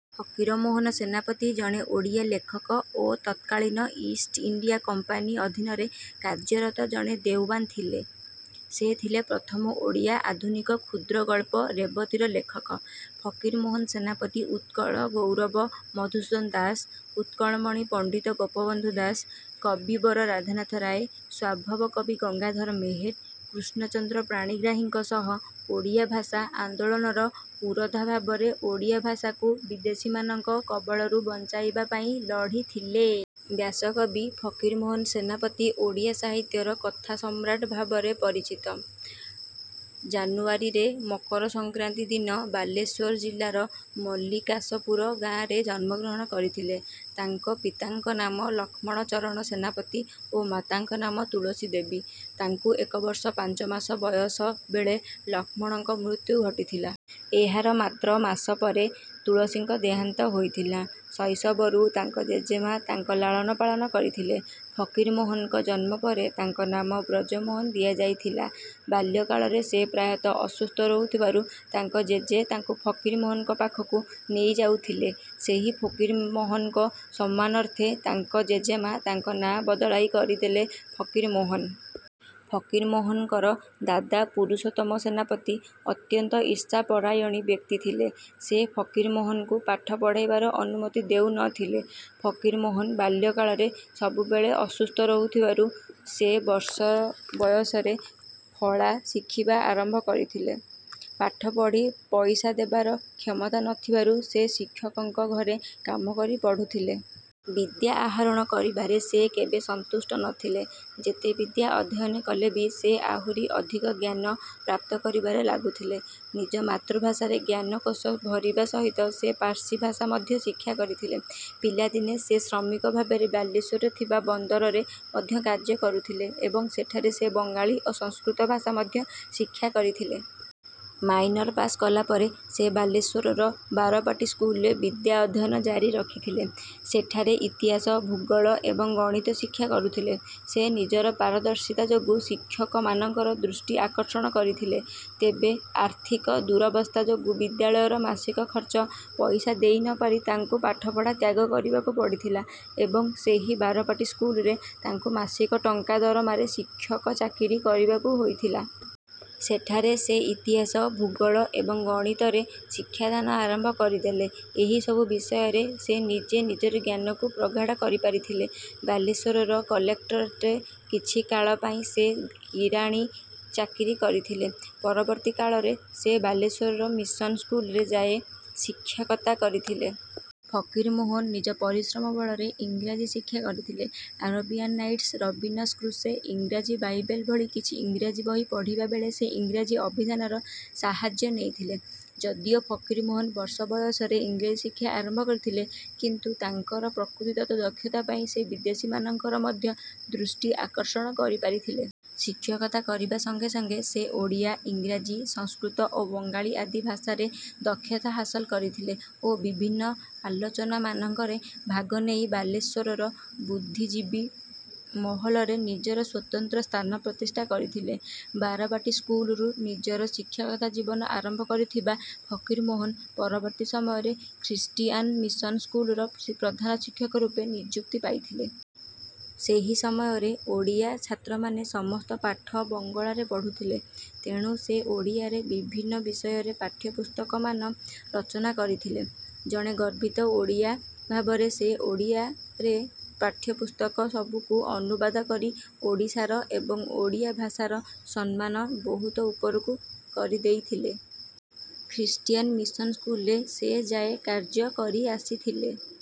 ଫକୀର ମୋହନ ସେନାପତି ଜଣେ ଓଡ଼ିଆ ଲେଖକ ଓ ତତ୍କାଳୀନ ଇଷ୍ଟ ଇଣ୍ଡିଆ କମ୍ପାନୀ ଅଧୀନରେ କାର୍ଯ୍ୟରତ ଜଣେ ଦେୱାନ ଥିଲେ। ସେ ଥିଲେ ପ୍ରଥମ ଓଡ଼ିଆ ଆଧୁନିକ କ୍ଷୁଦ୍ରଗଳ୍ପ ରେବତୀର ଲେଖକ। ଫକୀର ମୋହନ ସେନାପତି, ଉତ୍କଳ ଗୌରବ ମଧୁସୂଦନ ଦାସ, ଉତ୍କଳମଣି ପଣ୍ଡିତ ଗୋପବନ୍ଧୁ ଦାସ, କବିବର ରାଧାନାଥ ରାୟ, ସ୍ୱଭାବ କବି ଗଙ୍ଗାଧର ମେହେର, କୃଷ୍ଣଚନ୍ଦ୍ର ପାଣିଗ୍ରାହୀଙ୍କ ସହ ଓଡ଼ିଆ ଭାଷା ଆନ୍ଦୋଳନର ପୁରୋଧା ଭାବରେ ଓଡ଼ିଆ ଭାଷାକୁ ବିଦେଶୀମାନଙ୍କ କବଳରୁ ବଞ୍ଚାଇବା ପାଇଁ ଲଢିଥିଲେ। ବ୍ୟାସକବି ଫକୀର ମୋହନ ସେନାପତି ଓଡ଼ିଆ ସାହିତ୍ୟର କଥା ସମ୍ରାଟ ଭାବରେ ପରିଚିତ। ଜାନୁଆରୀ ରେ ମକର ସଂକ୍ରାନ୍ତି ଦିନ ବାଲେଶ୍ୱର ଜିଲ୍ଲାର ମଲ୍ଲିକାଶପୁର ଗାଆଁରେ ଜନ୍ମଗ୍ରହଣ କରିଥିଲେ। ତାଙ୍କ ପିତାଙ୍କ ନାମ ଲକ୍ଷ୍ମଣ ଚରଣ ସେନାପତି ଓ ମାତାଙ୍କ ନାମ ତୁଳସୀ ଦେବୀ। ତାଙ୍କୁ ଏକ ବର୍ଷ ପାଞ୍ଚ ମାସ ବୟସ ବେଳେ ଲକ୍ଷ୍ମଣଙ୍କ ମୃତ୍ୟୁ ଘଟିଥିଲା। ଏହାର ମାତ୍ର ମାସ ପରେ ତୁଳସୀଙ୍କ ଦେହାନ୍ତ ହୋଇଥିଲା। ଶୈଶବରୁ ତାଙ୍କ ଜେଜେମା ତାଙ୍କ ଲାଳନପାଳନ କରିଥିଲେ। ଫକୀରମୋହନଙ୍କ ଜନ୍ମ ପରେ ତାଙ୍କ ନାମ ବ୍ରଜମୋହନ ଦିଆଯାଇଥିଲା। ବାଲ୍ୟକାଳରେ ସେ ପ୍ରାୟତଃ ଅସୁସ୍ଥ ରହୁଥିବାରୁ ତାଙ୍କ ଜେଜେ ତାଙ୍କୁ ଫକୀରମାନଙ୍କ ପାଖକୁ ନେଇଯାଉଥିଲେ। ସେହି ଫକୀରମାନଙ୍କ ସମ୍ମାନାର୍ଥେ ତାଙ୍କ ଜେଜେମା' ତାଙ୍କ ନାଁ ବଦଳାଇ କରିଦେଲେ ଫକୀରମୋହନ। ଫକୀରମୋହନଙ୍କର ଦାଦା ପୁରୁଷୋତ୍ତମ ସେନାପତି ଅତ୍ୟନ୍ତ ଇର୍ଷାପରାୟଣୀ ବ୍ୟକ୍ତି ଥିଲେ। ସେ ଫକୀରମୋହନଙ୍କୁ ପାଠ ପଢ଼ିବାର ଅନୁମତି ଦେଉ ନ ଥିଲେ। ଫକୀରମୋହନ ବାଲ୍ୟକାଳରେ ସବୁବେଳେ ଅସୁସ୍ଥ ରହୁଥିବାରୁ, ସେ ବର୍ଷ ବୟସରେ ଫଳା ଶିଖିବା ଆରମ୍ଭ କରିଥିଲେ। ପାଠ ପଢ଼ି ପଇସା ଦେବାର କ୍ଷମତା ନ ଥିବାରୁ ସେ ଶିକ୍ଷକଙ୍କ ଘରେ କାମ କରି ପଢ଼ୁଥିଲେ। ବିଦ୍ୟା ଆହରଣ କରିବାରେ ସେ କେବେ ସନ୍ତୁଷ୍ଟ ନ ଥିଲେ। ଯେତେ ବିଦ୍ୟା ଅଧ୍ୟୟନ କଲେ ବି ସେ ଆହୁରି ଆଧିକ ଜ୍ଞାନ ପ୍ରାପ୍ତ କରିବାରେ ଲାଗୁଥିଲେ। ନିଜ ମାତୃଭାଷାରେ ଜ୍ଞାନକୋଷ ଭରିବା ସହିତ ସେ ପାର୍ସୀ ଭାଷା ମଧ୍ୟ ଶିକ୍ଷା କରିଥିଲେ। ପିଲାଦିନେ ସେ ଶ୍ରମିକ ଭାବରେ ବାଲେଶ୍ୱରରେ ଥିବା ବନ୍ଦରରେ ମଧ୍ୟ କାର୍ଯ୍ୟ କରୁଥିଲେ ଏବଂ ସେଠାରେ ସେ ବଙ୍ଗାଳୀ ଓ ସଂସ୍କୃତ ଭାଷା ମଧ୍ୟ ଶିକ୍ଷା କରିଥିଲେ। ମାଇନର ପାଶ୍ କଲା ପରେ ସେ ବାଲେଶ୍ୱରର ବାରବାଟୀ ସ୍କୁଲରେ ବିଦ୍ୟାଧ୍ୟୟନ ଜାରି ରଖିଥିଲେ। ସେଠାରେ ସେ ଇତିହାସ, ଭୂଗୋଳ ଏବଂ ଗଣିତ ଶିକ୍ଷା କରୁଥିଲେ। ସେ ନିଜର ପାରଦର୍ଶିତା ଯୋଗୁଁ ଶିକ୍ଷକମାନଙ୍କର ଦୃଷ୍ଟି ଆକର୍ଷଣ କରିଥିଲେ। ତେବେ ଆର୍ଥିକ ଦୁରବସ୍ଥା ଯୋଗୁଁ ବିଦ୍ୟାଳୟର ମାସିକ ଖର୍ଚ୍ଚ ପଇସା ଦେଇ ନ ପାରି ତାଙ୍କୁ ପାଠପଢ଼ା ତ୍ୟାଗ କରିବାକୁ ପଡ଼ିଥିଲା ଏବଂ ସେହି ବାରବାଟୀ ସ୍କୁଲରେ ତାଙ୍କୁ ମାସିକ ଟଙ୍କା ଦରମାରେ ଶିକ୍ଷକ ଚାକିରୀ କରିବାକୁ ହୋଇଥିଲା। ସେଠାରେ ସେ ଇତିହାସ, ଭୂଗୋଳ ଏବଂ ଗଣିତରେ ଶିକ୍ଷାଦାନ ଆରମ୍ଭ କରିଦେଲେ। ଏହି ସବୁ ବିଷୟରେ ସେ ନିଜେ ନିଜର ଜ୍ଞାନକୁ ପ୍ରଗାଢ଼ କରିପାରିଥିଲେ। ବାଲେଶ୍ୱର କଲେକ୍ଟରେଟ୍ରେ କିଛି କାଳ ପାଇଁ ସେ କିରାଣୀ ଚାକିରି କରିଥିଲେ। ପରବର୍ତ୍ତୀ କାଳରେ ସେ ବାଲେଶ୍ୱର ମିଶନ ସ୍କୁଲରେ ଯାଏଁ ଶିକ୍ଷକତା କରିଥିଲେ। ଫକୀରମୋହନ ନିଜ ପରିଶ୍ରମ ବଳରେ ଇଂରାଜୀ ଶିକ୍ଷା କରିଥିଲେ। ଆରବିଆନ ନାଇଟସ୍, ରବିନସନ କୃଷେ, ଇଂରାଜୀ ବାଇବେଲ ଭଳି କିଛି ଇଂରାଜୀ ବହି ପଢ଼ିବା ବେଳେ ସେ ଇଂରାଜୀ ଅଭିଧାନର ସାହାଯ୍ୟ ନେଇଥିଲେ। ଯଦିଓ ଫକୀରମୋହନ ବର୍ଷ ବୟସରେ ଇଂରାଜୀ ଶିକ୍ଷା ଆରମ୍ଭ କରିଥିଲେ, କିନ୍ତୁ ତାଙ୍କର ପ୍ରକୃତିଦତ୍ତ ଦକ୍ଷତା ପାଇଁ ସେ ବିଦେଶୀମାନଙ୍କର ମଧ୍ୟ ଦୃଷ୍ଟି ଆକର୍ଷଣ କରିପାରିଥିଲେ। ଶିକ୍ଷକତା କରିବା ସଙ୍ଗେ ସଙ୍ଗେ ସେ ଓଡ଼ିଆ, ଇଂରାଜୀ, ସଂସ୍କୃତ ଓ ବଙ୍ଗାଳୀ ଆଦି ଭାଷାରେ ଦକ୍ଷତା ହାସଲ କରିଥିଲେ ଓ ବିଭିନ୍ନ ଆଲୋଚନାମାନଙ୍କରେ ଭାଗ ନେଇ ବାଲେଶ୍ୱରର ବୁଦ୍ଧିଜୀବି ମହଲରେ ନିଜର ସ୍ୱତନ୍ତ୍ର ସ୍ଥାନ ପ୍ରତିଷ୍ଠା କରିଥିଲେ। ବାରବାଟୀ ସ୍କୁଲରୁ ନିଜର ଶିକ୍ଷକତା ଜୀବନ ଆରମ୍ଭ କରିଥିବା ଫକୀରମୋହନ ପରବର୍ତ୍ତୀ ସମୟରେ ଖ୍ରୀଷ୍ଟୀଆନ ମିଶନ ସ୍କୁଲର ପ୍ରଧାନଶିକ୍ଷକ ରୂପେ ନିଜୁକ୍ତି ପାଇଥିଲେ। ସେହି ସମୟରେ ଓଡ଼ିଆ ଛାତ୍ରମାନେ ସମସ୍ତ ପାଠ ବଙ୍ଗଳାରେ ପଢ଼ୁଥିଲେ, ତେଣୁ ସେ ଓଡ଼ିଆରେ ବିଭିନ୍ନ ବିଷୟରେ ପାଠ୍ୟପୁସ୍ତକମାନ ରଚନା କରିଥିଲେ। ଜଣେ ଗର୍ବିତ ଓଡ଼ିଆ ଭାବରେ ସେ ଓଡ଼ିଆରେ ପାଠ୍ୟପୁସ୍ତକ ସବୁକୁ ଅନୁବାଦ କରି ଓଡ଼ିଶାର ଏବଂ ଓଡ଼ିଆ ଭାଷାର ସମ୍ମାନ ବହୁତ ଉପରକୁ କରିଦେଇଥିଲେ। ଖ୍ରୀଷ୍ଟୀଆନ ମିଶନ ସ୍କୁଲରେ ସେ ଯାଏ କାର୍ଯ୍ୟ କରିଆସିଥିଲେ।